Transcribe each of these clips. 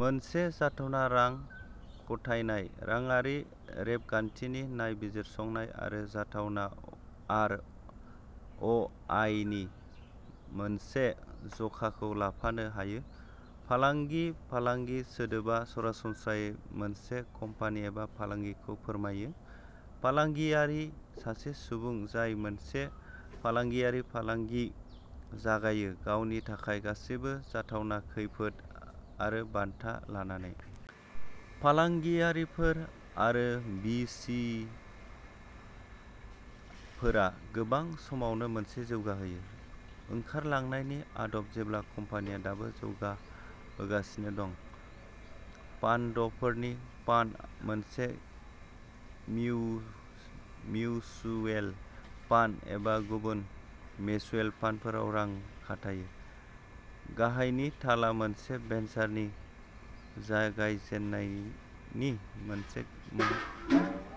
मोनसे जाथावना रां खथायनाय। राङारि रेबगान्थिनि नायबिजिरसंनाय आरो जाथावना आर अ आइनि मोनसे जखाखौ लाफानो हायो। फालांगि फालांगि सोदोबा सरासनस्रायै मोनसे कम्पानि एबा फालांगिखौ फोरमायो। फालांगियारि सासे सुबुं जाय मोनसे फालांगियारि फालांगि जागायो गावनि थाखाय गासैबो जाथावना खैफोद आरो बान्था लानानै। फालांगियारिफोर आरो भि सि फोरा गोबां समावनो मोनसे जौगाहोयो। ओंखारलांनायनि आदब जेब्ला कम्पानिया दाबो जौगाबोगासिनो दं। फान्डफोरनि फान्ड मोनसे मिउचुयेल फान्ड जाय गुबुन मिउचुयेल फान्डफोराव रां खाथायो। गाहायनि थाला मोनसे भेन्सारनि जागायजेन्नायनि मोनसे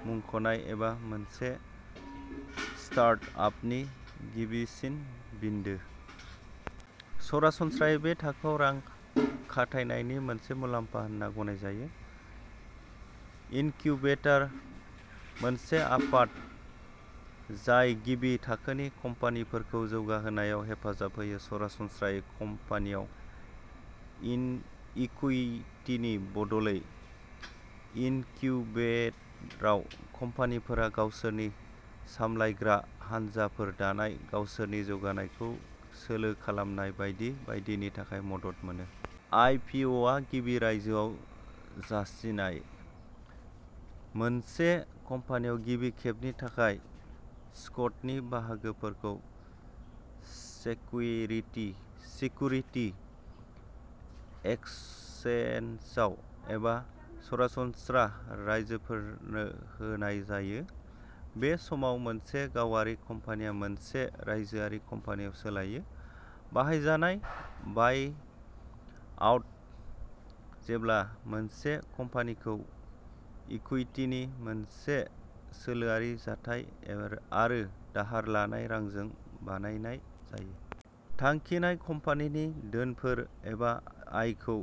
मुंख'नाय एबा मोनसे स्टार्टआपनि गिबिसिन बिन्दो। सरासनस्रायै बे थाखोआव रां खाथायनायनि मोनसे मुलाम्फा होनना गनायनाय जायो। इनकिउबेटर मोनसे आफाद जाय गिबि थाखोनि कम्पानिफोरखौ जौगाहोनायाव हेफाजाब होयो सरासनस्रायै कम्पानियाव इकुइटिनि बदलै। इनकिउबेटराव कम्पानिफोरा गावसोरनि सामलायग्रा हानजाफोर दानाय गावसोरनि जौगानायखौ सोलो खालामनाय बायदि बायदिनि थाखाय मदद मोनो। आइपिअ गिबि रायजोआरि जासिनाय। मोनसे कम्पानियाव गिबि खेबनि थाखाय स्टकनि बाहागोफोरखौ सेक्युरिति एक्सचेन्जआव एबा सरासनस्रा राइजोफोरनो होनाय जायो। बे समाव मोनसे गावारि कम्पानिया मोनसे रायजोआरि कम्पानियाव सोलायो। बाहायजानाय बायआउट जेब्ला मोनसे कम्पानिखौ इकुइटिनि मोनसे सोलोआरि जथाय आरो दाहार लानाय रांजों बायनाय जायो। थांखिनाय कम्पानिनि धोनफोर एबा आयखौ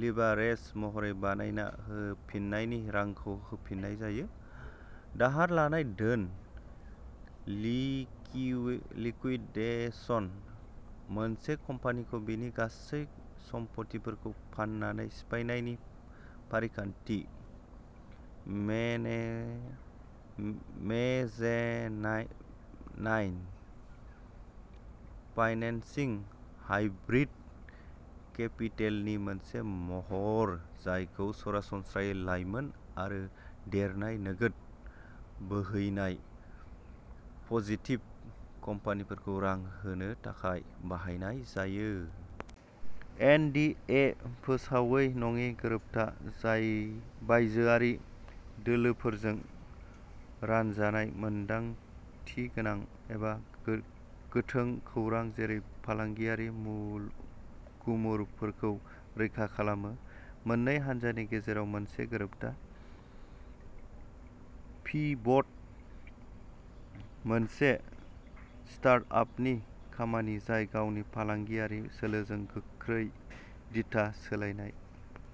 लिभारेज महरै बाहायना होफिन्नायनि रांखौ होफिननाय जायो। दाहार लानाय धोन। लिकिवदेसन मोनसे कम्पानिखौ बिनि गासै सम्फथिफोरखौ फाननानै सिफायनायनि फारिखान्थि। मेने मेजेनाइन नाय फाइनेन्सिं हाइब्रिद केपिटेलनि मोनसे महर जायखौ सरासनस्रायै लाइमोन आरो देरनाय नोगोद बोहैनाय पजिटिभ कम्पानिफोरखौ रां होनो थाखाय बाहायनाय जायो। एन डि ए फोसावै नङि गोरोबथा। जाय बायजोआरि दोलोफोरजों रानजानाय मोनदांथिगोनां एबा गोथों खौरां जेरै फालांगियारि गुमुरफोरखौ रैखा खालामनो मोननै हान्जानि गेजेराव मोनसे गोरोबथा। पिभट मोनसे स्टार्टआपनि खामानि जाय गावनि फालांगियारि सोलोजों गोख्रै दिथा सोलायनाय।